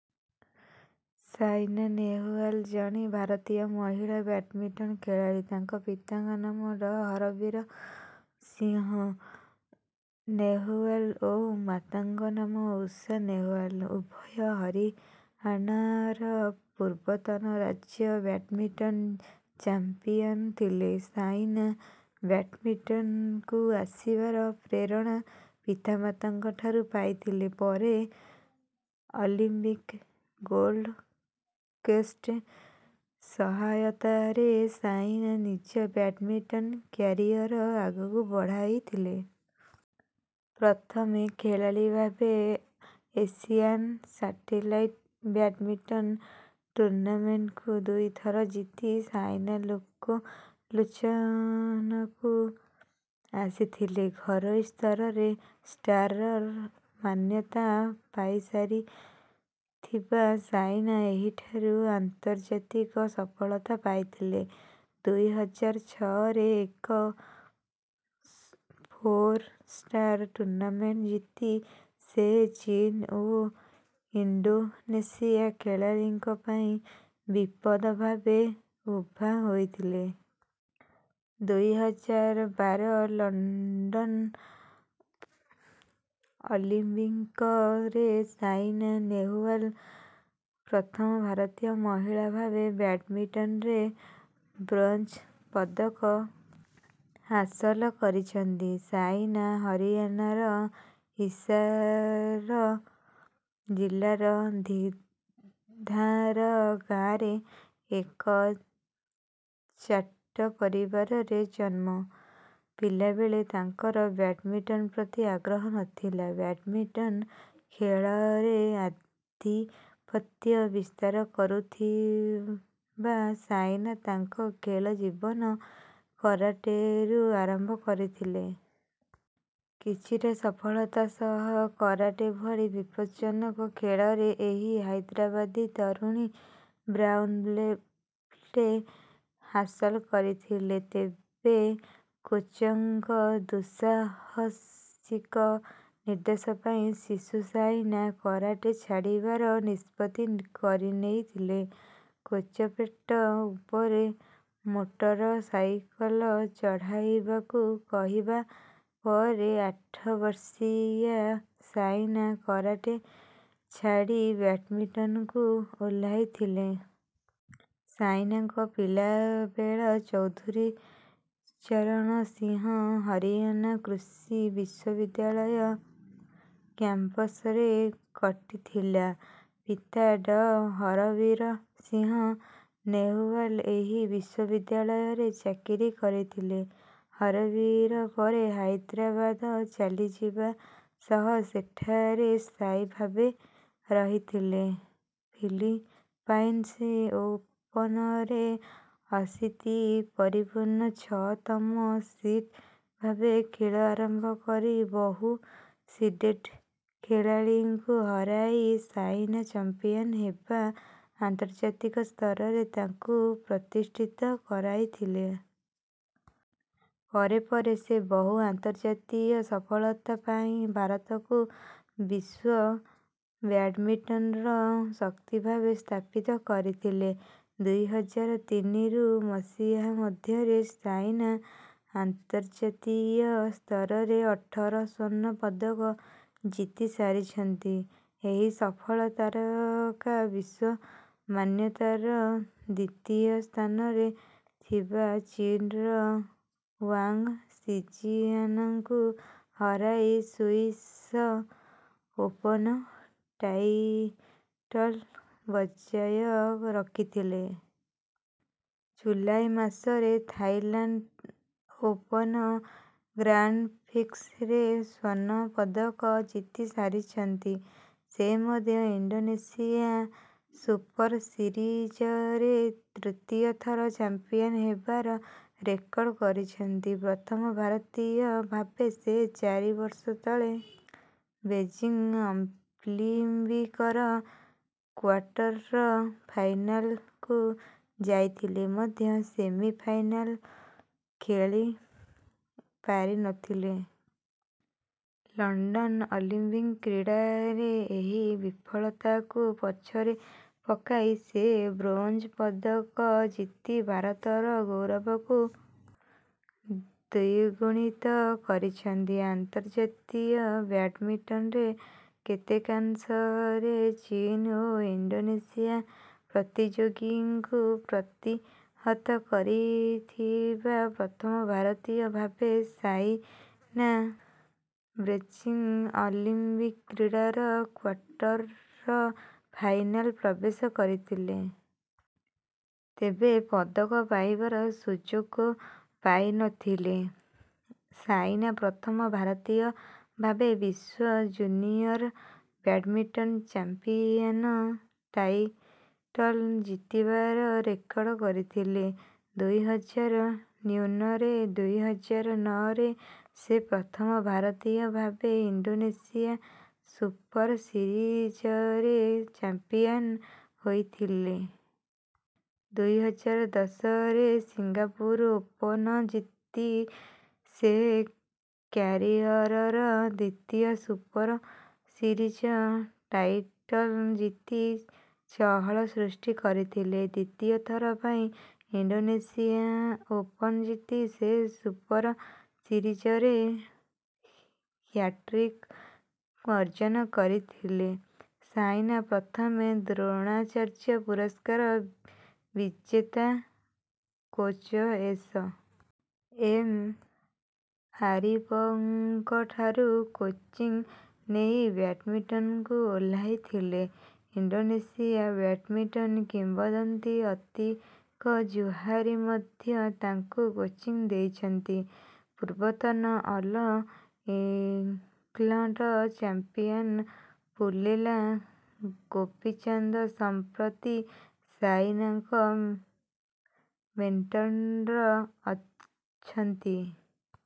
ସାଇନା ନେହୱାଲ ଜଣେ ଭାରତୀୟ ମହିଳା ବ୍ୟାଡ଼ମିଟନ ଖେଳାଳୀ। ତାଙ୍କ ପିତାଙ୍କ ନାମ ଡ. ହରବୀର ସିଂହ ନେହୁୱାଲ ଓ ମାତାଙ୍କ ନାମ ଊଷା ନେହୱାଲ। ଉଭୟ ହରିଆଣାର ପୂର୍ବତନ ରାଜ୍ୟ ବ୍ୟାଡ଼ମିଟନ ଚାମ୍ପିଆନ ଥିଲେ। ସାଇନା ବ୍ୟାଡ଼ମିଟନକୁ ଆସିବାର ପ୍ରେରଣା ପିତାମାତାଙ୍କଠାରୁ ପାଇଥିଲେ। ପରେ ଅଲିମ୍ପିକ ଗୋଲ୍ଡ କେଷ୍ଟ ସହାୟତାରେ ସାଇନା ନିଜ ବ୍ୟାଡ଼ମିଟନ କ୍ୟାରିଅର ଆଗକୁ ବଢ଼ାଇଥିଲେ। ପ୍ରଥମେ ଖେଳାଳୀ ଭାବେ ଏସିଆନ ସାଟେଲାଇଟ ବ୍ୟାଡ଼ମିଟନ ଟୁର୍ଣ୍ଣାମେଣ୍ଟକୁ ଦୁଇଥର ଜିତି ସାଇନା ଲୋକଲୋଚନକୁ ଆସିଥିଲେ। ଘରୋଇ ସ୍ତରରେ ଷ୍ଟାରର ମାନ୍ୟତା ପାଇସାରିଥିବା ସାଇନା ଏହିଠାରୁ ଆନ୍ତର୍ଜାତିକ ସଫଳତା ପାଇଥିଲେ। ଦୁଇ ହଜାର ଛଅରେ ଏକ ଫୋର ଷ୍ଟାର ଟୁର୍ଣ୍ଣାମେଣ୍ଟ ଜିତି ସେ ଚୀନ ଓ ଇଣ୍ଡୋନେସିଆ ଖେଳାଳୀଙ୍କ ପାଇଁ ବିପଦ ଭାବେ ଉଭା ହୋଇଥିଲେ। ଦୁଇ ହଜାର ବାର ଲଣ୍ଡନ ଅଲିମ୍ପିକରେ ସାଇନା ନେହୱାଲ ପ୍ରଥମ ଭାରତୀୟ ମହିଳା ଭାବେ ବ୍ୟାଡ଼ମିଟନରେ ବ୍ରୋଞ୍ଜ ପଦକ ହାସଲ କରିଛନ୍ତି। ସାଇନା ହରିଆଣାର ହିସାର ଜିଲ୍ଲାର ଧିଧାର ଗାଁରେ ଏକ ଜାଟ ପରିବାରରେ ଜନ୍ମ। ପିଲାବେଳେ ତାଙ୍କର ବ୍ୟାଡ଼ମିଟନ ପ୍ରତି ଆଗ୍ରହ ନଥିଲା। ବ୍ୟାଡ଼ମିଟନ ଖେଳରେ ଆଧିପତ୍ୟ ବିସ୍ତାର କରୁଥିବା ସାଇନା ତାଙ୍କ ଖେଳ ଜୀବନ କରାଟେରୁ ଆରମ୍ଭ କରିଥିଲେ। କିଛିଟା ସଫଳତା ସହ କରାଟେ ଭଳି ବିପଦଜ୍ଜନକ ଖେଳରେ ଏହି ହାଇଦ୍ରାବାଦୀ ତରୁଣୀ ବ୍ରାଉନ ବ୍ଲେ ବ୍ଲେ ହାସଲ କରିଥିଲେ। ତେବେ କୋଚଙ୍କ ଦୁଃସାହସିକ ନିର୍ଦ୍ଦେଶ ପାଇଁ ଶିଶୁ ସାଇନା କରାଟେ ଛାଡ଼ିବାର ନିଷ୍ପତ୍ତି କରିନେଇଥିଲେ। କୋଚ ପେଟ ଉପରେ ମୋଟରସାଇକଲ ଚଢ଼ାଇବାକୁ କହିବା ପରେ ଆଠ ବର୍ଷୀୟା ସାଇନା କରାଟେ ଛାଡ଼ି ବ୍ୟାଡ଼ମିଟନକୁ ଓହ୍ଲାଇଥିଲେ। ସାଇନାଙ୍କ ପିଲାବେଳ ଚୌଧୁରୀ ଚରଣ ସିଂହ ହରିଆଣା କୃଷି ବିଶ୍ୱବିଦ୍ୟାଳୟ କ୍ୟାମ୍ପସରେ କଟିଥିଲା। ପିତା ଡ. ହରବୀର ସିଂହ ନେହୱାଲ ଏହି ବିଶ୍ୱବିଦ୍ୟାଳୟରେ ଚାକିରି କରିଥିଲେ। ହରବୀର ପରେ ହାଇଦ୍ରାବାଦ ଚାଲିଯିବା ସହ ସେଠାରେ ସ୍ଥାୟୀ ଭାବେ ରହିଥିଲେ। ଫିଲିପାଇନ୍ସ ଓପନରେ ଅଶୀତି ପରିପୂର୍ଣ୍ଣ ଛଅ ତମ ସିଡ୍ ଭାବେ ଖେଳ ଆରମ୍ଭ କରି ବହୁ ସିଡେଡ୍ ଖେଳାଳୀଙ୍କୁ ହରାଇ ସାଇନା ଚାମ୍ପିଆନ ହେବା ଆନ୍ତର୍ଜାତୀକ ସ୍ତରରେ ତାଙ୍କୁ ପ୍ରତିଷ୍ଠିତ କରାଇଥିଲା। ପରେ ପରେ ସେ ବହୁ ଆନ୍ତର୍ଜାତୀୟ ସଫଳତା ପାଇ ଭାରତକୁ ବିଶ୍ୱ ବ୍ୟାଡ଼ମିଟନର ଶକ୍ତି ଭାବେ ସ୍ଥାପିତ କରିଥିଲେ। ଦୁଇ ହଜାର ତିନିରୁ ମସିହା ମଧ୍ୟରେ ସାଇନା ଆନ୍ତର୍ଜାତୀୟ ସ୍ତରରେ ଅଠର ସ୍ୱର୍ଣ୍ଣ ପଦକ ଜିତି ସାରିଛନ୍ତି। ଏହି ସଫଳ ତାରକା ବିଶ୍ୱ ମାନ୍ୟତାର ଦ୍ୱିତୀୟ ସ୍ଥାନରେ ଥିବା ଚୀନର ୱାଙ୍ଗ ସିଜିଆନଙ୍କୁ ହରାଇ ସୁଇସ ଓପନ ଟାଇଟଲ ବଜାୟ ରଖିଥିଲେ। ଜୁଲାଇ ମାସରେ ଥାଇଲାଣ୍ଡ ଓପନ ଗ୍ରାଣ୍ଡପ୍ରିକ୍ସରେ ସ୍ୱର୍ଣ୍ଣ ପଦକ ଜିତି ସାରିଛନ୍ତି। ସେ ମଧ୍ୟ ଇଣ୍ଡୋନେସିଆ ସୁପର ସିରିଜରେ ତୃତୀୟ ଥର ଚାମ୍ପିଆନ ହେବାର ରେକର୍ଡ କରିଛନ୍ତି। ପ୍ରଥମ ଭାରତୀୟ ଭାବେ ସେ ଚାରି ବର୍ଷ ତଳେ ବେଜିଂ ଆମ୍ପ୍ଲିମ୍ୱକର କ୍ୱାର୍ଟର ଫାଇନାଲକୁ ଯାଇଥିଲେ ମଧ୍ୟ ସେମିଫାଇନାଲ ଖେଳି ପାରି ନଥିଲେ। ଲଣ୍ଡନ ଅଲିମ୍ପିକ କ୍ରୀଡ଼ାରେ ଏହି ବିଫଳତାକୁ ପଛରେ ପକାଇ ସେ ବ୍ରୋଞ୍ଜ ପଦକ ଜିତି ଭାରତର ଗୌରବକୁ ଦ୍ୱିଗୁଣିତ କରିଛନ୍ତି। ଆନ୍ତର୍ଜାତୀୟ ବ୍ୟାଡ଼ମିଟନରେ କେତେକାଂଶରେ ଚୀନ ଓ ଇଣ୍ଡୋନେସିଆ ପ୍ରତିଯୋଗୀଙ୍କୁ ପ୍ରତିହତ କରିଥିବା ପ୍ରଥମ ଭାରତୀୟ ଭାବେ ସାଇନା ବେଜିଂ ଅଲିମ୍ପିକ କ୍ରୀଡ଼ାର କ୍ୱାର୍ଟର ଫାଇନାଲ ପ୍ରବେଶ କରିଥିଲେ। ତେବେ ପଦକ ପାଇବାର ସୁଯୋଗ ପାଇ ନ ଥିଲେ। ସାଇନା ପ୍ରଥମ ଭାରତୀୟ ଭାବେ ବିଶ୍ୱ ଜୁନିଅର ବ୍ୟାଡ଼ମିଟନ ଚାମ୍ପିଆନ ଟାଇଟଲ ଜିତିବାର ରେକର୍ଡ କରିଥିଲେ। ଦୁଇ ହଜାର ନ୍ୟୁନରେ ଦୁଇ ହଜାର ନଅରେ ସେ ପ୍ରଥମ ଭାରତୀୟ ଭାବେ ଇଣ୍ଡୋନେସିଆ ସୁପର ସିରିଜରେ ଚାମ୍ପିଆନ ହୋଇଥିଲେ। ଦୁଇ ହଜାର ଦଶରେ ସିଙ୍ଗାପୁର ଓପନ ଜିତି ସେ କ୍ୟାରିଅରର ଦ୍ୱିତୀୟ ସୁପର ସିରିଜ ଟାଇଟଲ ଜିତି ଚହଳ ସୃଷ୍ଟି କରିଥିଲେ। ଦ୍ୱିତୀୟ ଥର ପାଇଁ ଇଣ୍ଡୋନେସିଆ ଓପନ ଜିତି ସେ ସୁପର ସିରିଜରେ ହ୍ୟାଟ୍ରିକ ଅର୍ଜନ କରିଥିଲେ। ସାଇନା ପ୍ରଥମେ ଦ୍ରୋଣାଚାର୍ଯ୍ୟ ପୁରସ୍କାର ବିଜେତା କୋଚ ଏସ. ଏମ. ଆରିପଙ୍କଠାରୁ କୋଚିଂ ନେଇ ବ୍ୟାଡ଼ମିଟନକୁ ଓହ୍ଲାଇଥିଲେ। ଇଣ୍ଡୋନେସିଆ ବ୍ୟାଡ଼ମିଟନ କିମ୍ବଦନ୍ତୀ ଅତିକ ଜୁହାରି ମଧ୍ୟ ତାଙ୍କୁ କୋଚିଂ ଦେଇଛନ୍ତି। ପୂର୍ବତନ all England champion Pullela Gopichand ସମ୍ପ୍ରତି ସାଇନାଙ୍କ ମେଣ୍ଟର ଅଛନ୍ତି।